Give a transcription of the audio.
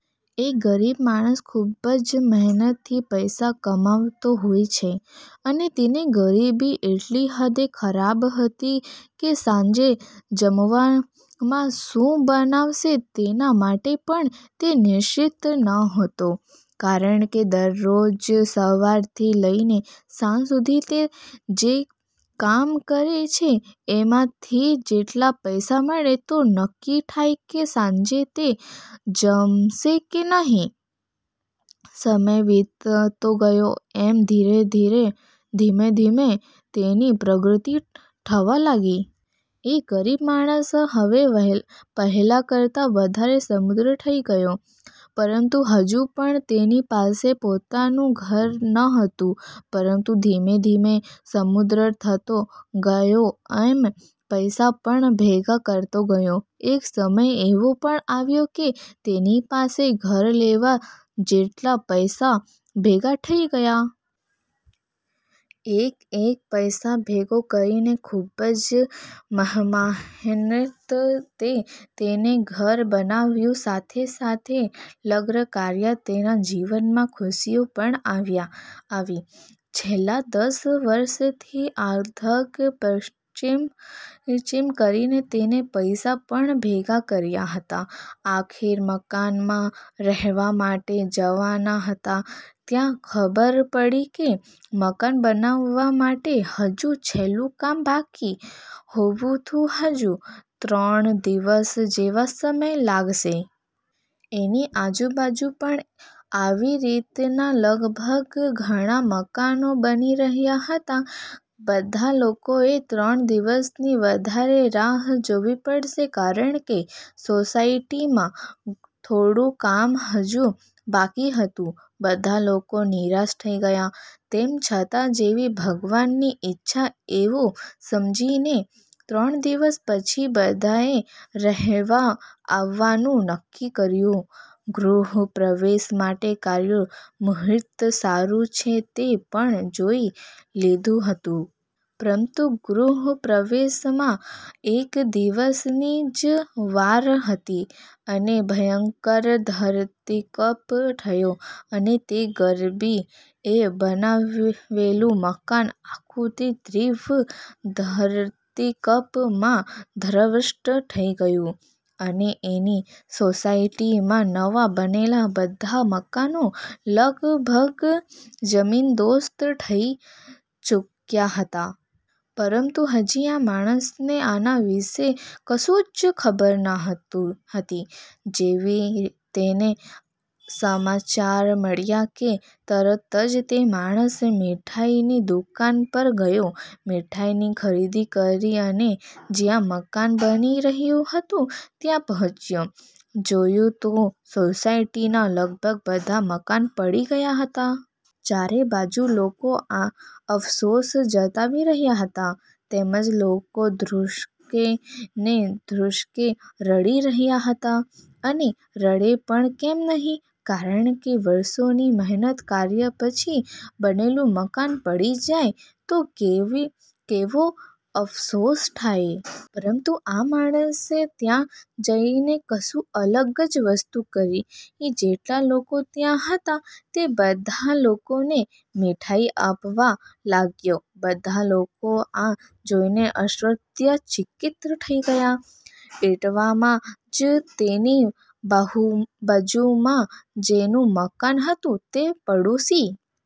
એક ગરીબ માણસ ખૂબ જ મહેનત થી પૈસા કમાતો હોય છે, અને તેને ગરીબી એટલી હદે ખરાબ હતી કે સાંજે જમવામાં શું બનશે તેના માટે પણ તે નિશ્ચિત ન હતો, કારણકે દરરોજ સવારથી લઇને સાંજ સુધી તે જે કામ કરે છે એમાંથી જેટલા પૈસા મળે તો નક્કી થાય કે સાંજે તે જમશે કે નહીં, સમય વીતતો ગયો એમ ધીમે ધીમે તેની પ્રગતિ થવા લાગી. એ ગરીબ માણસ હવે પહેલા કરતા વધારે સમૃદ્ધ થઈ ગયો, પરંતુ હજુ પણ તેની પાસે પોતાનું ઘર નહોતું. પરંતુ ધીમે-ધીમે સમૃદ્ધ થતો ગયો એમ પૈસા પણ ભેગા કરતો ગયો, એક સમય એવો પણ આવ્યો કે તેની પાસે ઘર લેવા જેટલા પૈસા ભેગા થઈ ગયા. એક એક પૈસો ભેગો કરીને ખુબ જ મહામહેનતે તેને ઘર બનાવ્યું સાથે સાથે લગ્ન કર્યા તેના જીવનમાં ખુશીઓ પણ આવી. છેલ્લા દસ વર્ષથી અથાગ પરિશ્રમ કરીને તેને પૈસા પણ ભેગા કર્યા હતા. આખરે મકાનમાં રહેવા માટે જવાના હતા ત્યાં ખબર પડી કે મકાન બનાવવા માટે હજુ છેલ્લું કામ બાકી હોવાથી હજુ ત્રણ દિવસ જેવો સમય લાગશે. એની આજુબાજુ પણ આવી રીતના લગભગ ઘણા મકાનો બની રહ્યા હતા. બધા લોકોને ત્રણ દિવસની વધારે રાહ જોવી પડશે કારણકે સોસાયટીમાં થોડું કામ હજુ બાકી હતું. બધા લોકો નિરાશ થઈ ગયા. તેમ છતાં જેવી ભગવાનની ઈચ્છા એવું સમજીને ત્રણ દિવસ પછી બધાએ રહેવા આવવાનું નક્કી કર્યું ગૃહ પ્રવેશ માટે કયું મુહૂર્ત સારું છે તે પણ જોઈ લીધું હતું. પરંતુ ગૃહ પ્રવેશમાં એક દિવસની જ વાર હતી અને ભયંકર ધરતીકંપ થયો અને તે ગરીબ એ બનાવેલું મકાન આખું તે તીવ્ર ધરતીકંપ મા ધ્વસ્ત થઈ ગયું. અને એની સોસાયટીમાં નવા બનેલા બધા મકાનો લગભગ જમીનદોસ્ત થઈ ચૂક્યા હતા. પરંતુ હજી આ માણસને આના વિષે કશું જ ખબર નહોતી. જેવી તેને આ સમાચાર મળ્યા કે તરત જ તે માણસ મીઠાઈ ની દુકાન પર ગયો. મીઠાઈની ખરીદી કરી અને જ્યાં મકાન બની રહ્યું હતું ત્યાં પહોંચ્યો, જોયું તો સોસાયટીના લગભગ બધા મકાન પડી ગયા હતા. ચારે બાજુ લોકો અફસોસ જતાવી રહ્યા હતા તેમજ લોકો ધ્રુસ્કે ને ધ્રુસ્કે રડી રહ્યા હતા. અને રડે પણ કેમ નહીં કારણકે વર્ષોની મહેનત કર્યા પછી બનેલું મકાન પડી જાય તો કેવો અફસોસ થાય. પરંતુ આ માણસે ત્યાં જઈને કશું અલગ જ વસ્તુ કરી જેટલા લોકો ત્યાં હતા તે બધા લોકોને મીઠાઈ આપવા લાગ્યા. બધા લોકો આ જોઇને આશ્ચર્ય ચકિત થઈ ગયા, એટલામાં જ તેની બાજુમાં જેનું મકાન હતું તે પાડોશી